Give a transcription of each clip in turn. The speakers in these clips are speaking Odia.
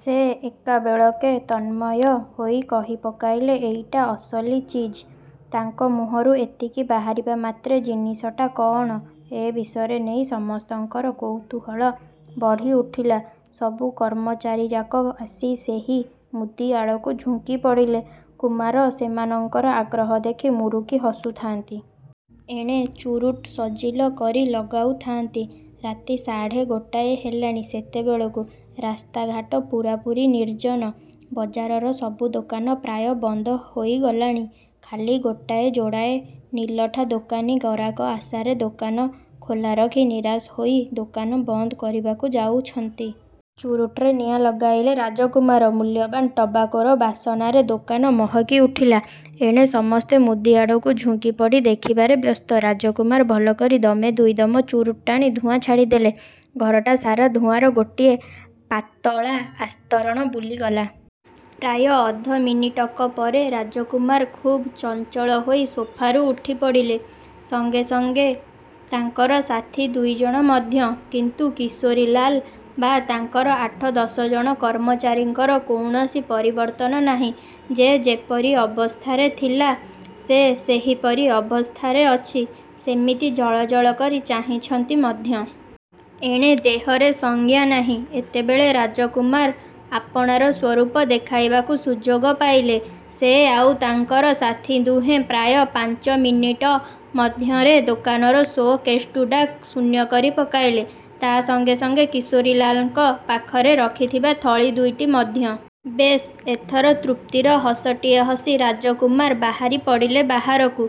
ସେ ଏକାବେଳକେ ତନ୍ମୟ ହୋଇ କହି ପକାଇଲେ-''ଏଇଟା ଅସଲି ଚିଜ। '' ତାଙ୍କ ମୁହଁରୁ ଏତିକି ବାହାରିବା ମାତ୍ରେ 'ଜିନିଷଟା କଅଣ' ଏ ବିଷୟରେ ନେଇ ସମସ୍ତଙ୍କର କୌତୁହଳ ବଢ଼ି ଉଠିଲା। ସବୁ କର୍ମଚାରୀଯାକ ଆସି ସେହି ମୁଦି ଆଡ଼କୁ ଝୁଙ୍କି ପଡ଼ିଲେ। କୁମାର ସେମାନଙ୍କର ଆଗ୍ରହ ଦେଖି ମୁରୁକି ହସୁଥାନ୍ତି। ଏଣେ ଚୁରୁଟ୍ ସଜିଲ କରି ଲଗାଉଥାନ୍ତି। ରାତି ସାଢ଼େ ଗୋଟାଏ ହେଲାଣି ସେତେବେଳକୁ। ରାସ୍ତାଘାଟ ପୂରାପୂରି ନିର୍ଜନ। ବଜାରର ସବୁ ଦୋକାନ ପ୍ରାୟ ବନ୍ଦ ହୋଇ ଗଲାଣି। ଖାଲି ଗୋଟାଏ ଯୋଡ଼ାଏ ନିଲଠା ଦୋକାନୀ ଗରାକ ଆଶାରେ ଦୋକାନ ଖୋଲାରଖି ନିରାଶ ହୋଇ ଦୋକାନ ବନ୍ଦ କରିବାକୁ ଯାଉଛନ୍ତି। ଚୁରୁଟ୍ରେ ନିଆଁ ଲଗାଇଲେ ରାଜକୁମାର। ମୂଲ୍ୟବାନ ଟବାକୋର ବାସନାରେ ଦୋକାନ ମହକି ଉଠିଲା। ଏଣେ ସମସ୍ତେ ମୁଦି ଆଡ଼କୁ ଝୁଙ୍କିପଡ଼ି ଦେଖିବାରେ ବ୍ୟସ୍ତ। ରାଜକୁମାର ଭଲକରି ଦମେ ଦୁଇଦମ ଚୁରୁଟ୍ ଟାଣି ଧୂଆଁ ଛାଡ଼ି ଦେଲେ। ଘରଟା ସାରା ଧୂଆଁର ଗୋଟାଏ ପାତଳା ଆସ୍ତରଣ ବୁଲିଗଲା। ପ୍ରାୟ ଅଧମିନିଟକ ପରେ ରାଜକୁମାର ଖୁବ୍ ଚଞ୍ଚଳହୋଇ ସୋଫାରୁ ଉଠିପଡ଼ିଲେ। ସଙ୍ଗେ ସଙ୍ଗେ ତାଙ୍କର ସାଥି ଦୁଇଜଣ ମଧ୍ୟ। କିନ୍ତୁ କିଶୋରୀଲାଲ ବା ତାଙ୍କର ଆଠ ଦଶଜଣ କର୍ମଚାରୀଙ୍କର କୌଣସି ପରିବର୍ତ୍ତନ ନାହିଁ। ଯେ ଯେପରି ଅବସ୍ଥାରେ ଥିଲା, ସେ ସେହିପରି ଅବସ୍ଥାରେ ଅଛି। ସେମିତି ଜଳଜଳ କରି ଚାହିଁଛନ୍ତି ମଧ୍ୟ। ଏଣେ ଦେହରେ ସଜ୍ଞାନାହିଁ। ଏତେବେଳେ ରାଜକୁମାର ଆପଣାର ସ୍ୱରୂପ ଦେଖାଇବାକୁ ସୁଯୋଗ ପାଇଲେ। ସେ ଆଉ ତାଙ୍କର ସାଥି ଦୁହେଁ ପ୍ରାୟ ପାଞ୍ଚ ମିନିଟ ମଧ୍ୟରେ ଦୋକାନର ସୋ କେଶ୍ଗୁଡ଼ାକ ଶୂନ୍ୟ କରି ପକାଇଲେ। ତା' ସଙ୍ଗେ ସଙ୍ଗେ କିଶୋରୀଲାଲଙ୍କ ପାଖରେ ରଖି ଥିବା ଥଳି ଦୁଇଟି ମଧ୍ୟ। ବେଶ୍! ଏଥର ତୃପ୍ତିର ହସଟିଏ ହସି ରାଜକୁମାର ବାହାରି ପଡ଼ିଲେ ବାହାରକୁ,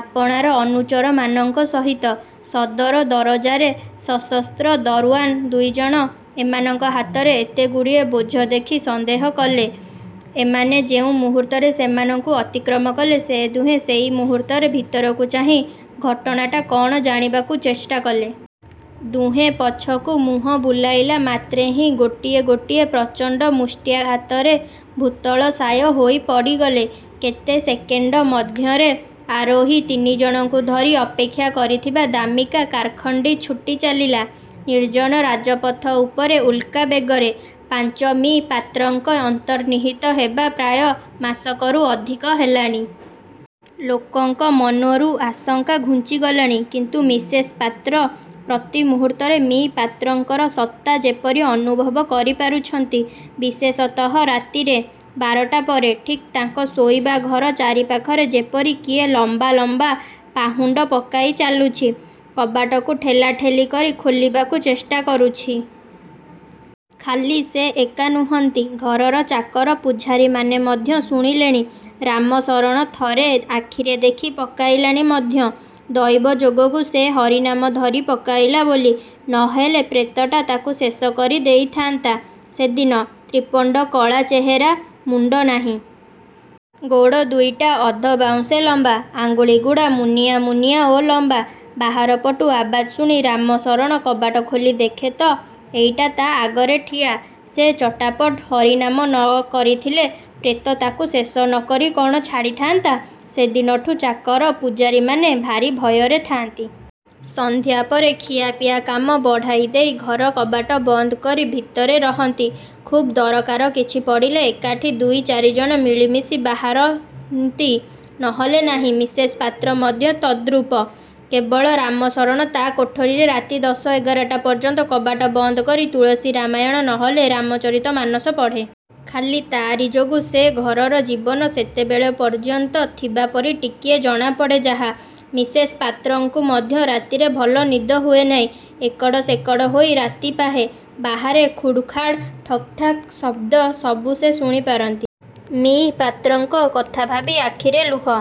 ଆପଣାର ଅନୁଚରମାନଙ୍କ ସହିତ। ସଦର ଦରଜାରେ ସଶସ୍ତ୍ର ଦରଓ୍ୱାନ୍ ଦୁଇଜଣ ଏମାନଙ୍କ ହାତରେ ଏତେଗୁଡ଼ିଏ ବୋଝ ଦେଖି ସନ୍ଦେହ କଲେ। ଏମାନେ ଯେଉଁ ମୁହୂର୍ତ୍ତରେ ସେମାନଙ୍କୁ ଅତିକ୍ରମ କଲେ ସେ ଦୁହେଁ ସେଇ ମୁହୂର୍ତ୍ତରେ ଭିତରକୁ ଚାହିଁ ଘଟଣାଟା କ'ଣ ଜାଣିବାକୁ ଚେଷ୍ଟାକଲେ। ଦୁହେଁ ପଛକୁ ମୁହଁ ବୁଲାଇଲା ମାତ୍ରେହିଁ ଗୋଟିଏ ଗୋଟିଏ ପ୍ରଚଣ୍ଡ ମୁଷ୍ଟ୍ୟାଘାତରେ ଭୂତଳଶାୟ ହୋଇ ପଡ଼ିଗଲେ। କେତେ ସେକେଣ୍ଡ ମଧ୍ୟରେ ଆରୋହୀ ତିନିଜଣଙ୍କୁ ଧରି ଅପେକ୍ଷା କରିଥିବା ଦାମୀକା କାର୍ଖଣ୍ଡି ଛୁଟି ଚାଲିଲା ନିର୍ଜନ ରାଜପଥ ଉପରେ ଉଲ୍କା ବେଗରେ। -ପାଞ୍ଚ- ମି: ପାତ୍ରଙ୍କ ଅନ୍ତର୍ନିହିତ ହେବା ପ୍ରାୟ ମାସକରୁ ଅଧିକ ହେଲାଣି। ଲୋକଙ୍କ ମନରୁ ଆଶଙ୍କା ଘୁଞ୍ଚିଲାଣି। କିନ୍ତୁ ମିସେସ୍ ପାତ୍ର ପ୍ରତିମୁହୂର୍ତ୍ତରେ ମି: ପାତ୍ରଙ୍କର ସତ୍ତା ଯେପରି ଅନୁଭବ କରିପାରୁଛନ୍ତି। ବିଶେଷତଃ ରାତିରେ, ବାରଟା ପରେ। ଠିକ୍ ତାଙ୍କ ଶୋଇବା ଘର ଚାରିପାଖରେ ଯେପରି କିଏ ଲମ୍ବା ଲମ୍ବା ପାହୁଣ୍ଡ ପକାଇ ଚାଲୁଛି। କବାଟକୁ ଠେଲା ଠେଲି କରି ଖୋଲିବାକୁ ଚେଷ୍ଟା କରୁଛି। ଖାଲି ସେ ଏକା ନୁହନ୍ତି; ଘରର ଚାକର ପୁଝାରୀମାନେ ମଧ୍ୟ ଶୁଣିଲେଣି। ରାମଶରଣ ଥରେ ଆଖିରେ ଦେଖି ପକାଇଲାଣି ମଧ୍ୟ। ଦୈବଯୋଗକୁ ସେ ହରିନାମ ଧରି ପକାଇଲା ବୋଲି, ନ ହେଲେ ପ୍ରେତଟା ତାକୁ ଶେଷ କରି ଦେଇଥାନ୍ତା ସେଦିନ। ତ୍ରିପଣ୍ଡକଳା ଚେହେରା। ମୁଣ୍ଡ ନାହିଁ। ଗୋଡ଼ ଦୁଇଟା ଅଧବାଉଁଶେ ଲମ୍ବା। ଆଙ୍ଗୁଳିଗୁଡ଼ା ମୁନିଆଁ ମୁନିଆଁ ଓ ଲମ୍ବା। ବାହାରପଟୁ ଆବାଜ ଶୁଣି ରାମଶରଣ କବାଟ ଖୋଲି ଦେଖେ ତ, ଏଇଟା ତା' ଆଗରେ ଠିଆ! ସେ ଚଟାପଟ୍ ହରିନାମ ନ କରିଥିଲେ ପ୍ରେତ ତାକୁ ଶେଷ ନକରି କ'ଣ ଛାଡ଼ିଥାନ୍ତା? ସେ ଦିନଠୁଁ ଚାକର ପୁଝାରୀମାନେ ଭାରି ଭୟରେ ଥାଆନ୍ତି। ସନ୍ଧ୍ୟା ପରେ ଖିଆ ପିଆ କାମ ବଢ଼ାଇ ଦେଇ ଘର କବାଟ ବନ୍ଦକରି ଭିତରେ ରହନ୍ତି। ଖୁବ୍ ଦରକାର କିଛି ପଡ଼ିଲେ ଏକାଠି ଦୁଇ ଚାରିଜଣ ମିଳି ମିଶି ବାହାରନ୍ତି, ନହେଲେ ନାହିଁ। ମିସେସ୍ ପାତ୍ର ମଧ୍ୟ ତଦ୍ରୂପ। କେବଳ ରାମଶରଣ ତା' କୋଠରୀରେ ରାତି ଦଶ ଏଗାରଟା ପର୍ଯ୍ୟନ୍ତ କବାଟ ବନ୍ଦ କରି ତୁଳସୀ ରାମାୟଣ, ନହେଲେ ରାମଚରିତମାନସ ପଢ଼େ। ଖାଲି ତା'ରି ଯୋଗୁ ସେ ଘରର ଜୀବନ ସେତେବେଳ ପର୍ଯ୍ୟନ୍ତ ଥିବାପରି ଟିକିଏ ଜଣାପଡ଼େ ଯାହା। ମିସେସ୍ ପାତ୍ରଙ୍କୁ ମଧ୍ୟ ରାତିରେ ଭଲ ନିଦ ହୁଏ ନାହିଁ। ଏକଡ଼ ସେକଡ଼ ହୋଇ ରାତି ପାହେ। ବାହାରେ ଖୁଡ଼୍ ଖାଡ଼୍, ଠକ୍ ଠାକ୍ ଶବ୍ଦ ସବୁ ସେ ଶୁଣି ପାରନ୍ତି। ମି: ପାତ୍ରଙ୍କ କଥା ଭାବି ଆଖିରେ ଲୁହ।